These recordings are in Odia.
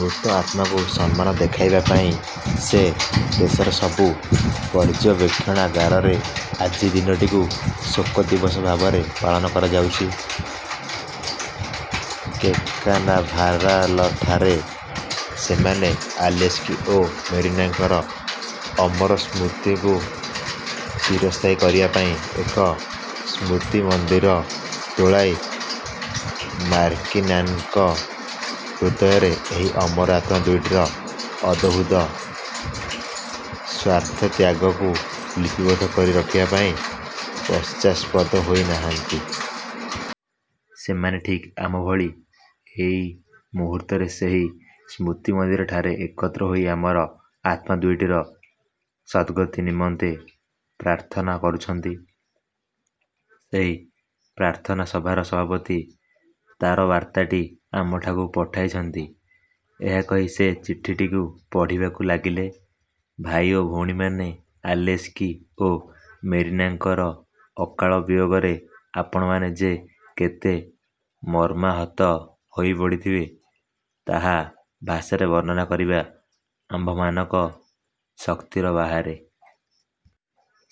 ମୃତ ଆତ୍ମାକୁ ସମ୍ମାନ ଦେଖାଇବା ପାଇଁ ସେ ଦେଶର ସବୁ ପର୍ଯ୍ୟବେକ୍ଷଣାଗାରରେ ଆଜି ଦିନଟିକୁ ଶୋକଦିବସ ଭାବରେ ପାଳନ କରାଯାଉଛି। କେପ୍କାନାଭାରାଲଠାରେ ସେମାନେ ଆଲେସ୍କି ଓ ମେରିନାଙ୍କର ଅମର ସ୍ମୃତିକୁ ଚିରସ୍ଥାୟୀ କରିବା ପାଇଁ ଏକ ସ୍ମୃତିମନ୍ଦିର ତୋଳାଇ ମାର୍କିନ୍ମାନଙ୍କ ହୃଦୟରେ ଏହି ଅମର ଆତ୍ମା ଦୁଇଟିର ଅଦଭୁତ ସ୍ୱାର୍ଥତ୍ୟାଗକୁ ଲିପିବଦ୍ଧ କରି ରଖିବା ପାଇଁ ପାଶ୍ଚାତ୍ପଦ ହୋଇ ନାହାନ୍ତି। ସେମାନେ ଠିକ୍ ଆମ ଭଳି ଏଇ ମୁହୂର୍ତ୍ତରେ ସେହି ସ୍ମୃତିମନ୍ଦିରଠାରେ ଏକତ୍ର ହୋଇ ଅମର ଆତ୍ମା ଦୁଇଟିର ସଦ୍ଗତି ନିମନ୍ତେ ପ୍ରାର୍ଥନା କରୁଛନ୍ତି। ସେହି ପ୍ରାର୍ଥନା ସଭାର ସଭାପତି ତାରବାର୍ତ୍ତାଟି ଆମଠାକୁ ପଠାଇଛନ୍ତି। '' ଏହା କହି ସେ ଚିଠିଟିକୁ ପଢ଼ିବାକୁ ଲାଗିଲେ। ''ଭାଇ ଓ ଭଉଣୀମାନେ, ଆଲେସ୍କି ଓ ମେରିନାଙ୍କର ଅକାଳ ବିୟୋଗରେ ଆପଣମାନେ ଯେ କେତେ ମର୍ମ୍ମାହତ ହୋଇ ପଡ଼ିଥିବେ, ତାହା ଭାଷାରେ ବର୍ଣ୍ଣନା କରିବା ଆମ୍ଭମାନଙ୍କ ଶକ୍ତିର ବାହାରେ।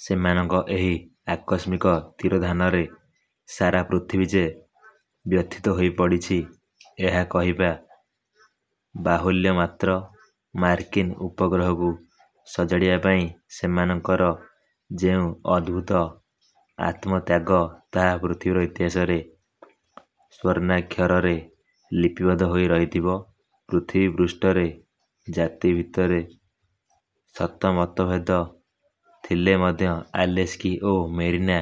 ସେମାନଙ୍କ ଏହି ଆକସ୍ମିକ ତିରୋଧାନରେ ସାରା ପୃଥିବୀ ଯେ ବ୍ୟଥିତ ହୋଇପଡ଼ିଛି, ଏହା କହିବା ବାହୁଲ୍ୟ ମାତ୍ର। ମାର୍କିନ୍ ଉପଗ୍ରହକୁ ସଜାଡ଼ିବା ପାଇଁ ସେମାନଙ୍କର ଯେଉଁ ଅଦ୍ଭୁତ ଆତ୍ମତ୍ୟାଗ ତାହା ପୃଥିବୀର ଇତିହାସରେ ସ୍ୱର୍ଣ୍ଣାକ୍ଷରରେ ଲିପିବଦ୍ଧ ହୋଇ ରହିଥିବ। ପୃଥିବୀପୃଷ୍ଠରେ ଜାତି ଭିତରେ ଶତ ମତଭେଦ ଥିଲେ ମଧ୍ୟ ଆଲେସ୍କି ଓ ମେରିନା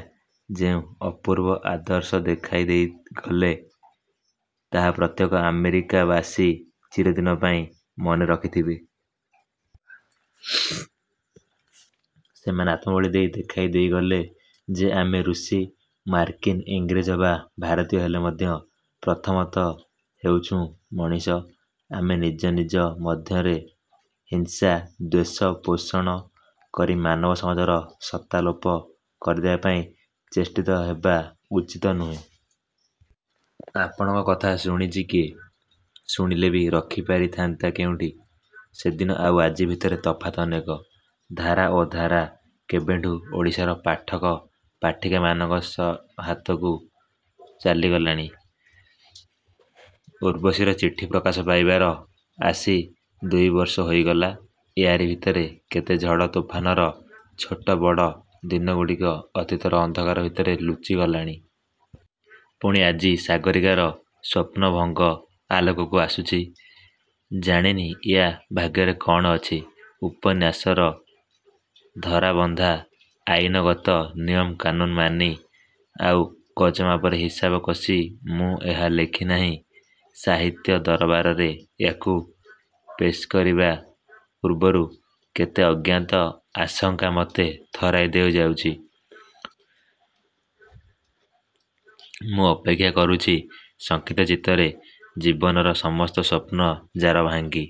ଯେଉଁ ଅପୂର୍ବ ଆଦର୍ଶ ଦେଖାଇ ଦେଇଗଲେ, ତାହା ପ୍ରତ୍ୟେକ ଆମେରିକାବାସୀ ଚିରଦିନ ପାଇଁ ମନେ ରଖିଥିବେ। ସେମାନେ ଆତ୍ମବଳି ଦେଇ ଦେଖାଇ ଦେଇଗଲେ ଯେ ଆମେ ରୁଷୀ, ମାର୍କିନ୍, ଇଂରେଜ ବା ଭାରତୀୟ ହେଲେ ମଧ୍ୟ ପ୍ରଥମତଃ ହେଉଛୁଁ ମଣିଷ। ଆମେ ନିଜ ନିଜ ମଧ୍ୟରେ ହିଂସା, ଦ୍ୱେଷ ପୋଷଣ କରି ମାନବ ସମାଜର ସତ୍ତା ଲୋପ କରିଦେବା ପାଇଁ ଚେଷ୍ଟିତ ହେବା ଉଚିତ ନୁହେଁ। ଆପଣଙ୍କ କଥା ଶୁଣୁଛି କିଏ? ଶୁଣିଲେ ବି ରଖିପାରିଥାନ୍ତି କେଉଁଠି? ସେଦିନ ଆଉ ଆଜି ଭିତରେ ତଫାତ୍ ଅନେକ। 'ଧରା ଓ ଧାରା' କେବଠୁଁ ଓଡ଼ିଶାର ପାଠକ ପାଠିକାମାନଙ୍କ ହାତକୁ ଚାଲିଗଲାଣି। 'ଉର୍ବଶୀର ଚିଠି' ପ୍ରକାଶ ପାଇବାର ଆସି ଦୁଇବର୍ଷ ହୋଇଗଲା। ୟା'ରି ଭିତରେ କେତେ ଝଡ଼ ତୋଫାନର ଛୋଟ ବଡ଼ ଦିନଗୁଡ଼ିକ ଅତୀତର ଅନ୍ଧକାର ଭିତରେ ଲୁଚିଗଲାଣି। ପୁଣି ଆଜି 'ସାଗରୀକାର ସ୍ୱପ୍ନଭଙ୍ଗ' ଆଲୋକକୁ ଆସୁଛି। ଜାଣେନି–ୟା' ଭାଗ୍ୟରେ କ'ଣ ଅଛି? ଉପନ୍ୟାସର ଧରାବନ୍ଧା, ଆଇନଗତ ନିୟମକାନୁନ୍ ମାନି, ଆଉ ଗଜମାପରେ ହିସାବ କଷି ମୁଁ ଏହା ଲେଖି ନାହିଁ। ସାହିତ୍ୟ ଦରବାରରେ ୟା'କୁ ପେଶ୍କରିବା ପୂର୍ବରୁ କେତେ ଅଜ୍ଞାତ ଆଶଙ୍କା ମୋତେ ଥରାଇ ଦେଇ ଯାଉଛି। ମୁଁ ଅପେକ୍ଷା କରୁଛି–ଶଙ୍କିତ ଚିତ୍ତରେ। ଜୀବନର ସମସ୍ତ ସ୍ୱପ୍ନ ଯା'ର ଭାଙ୍ଗି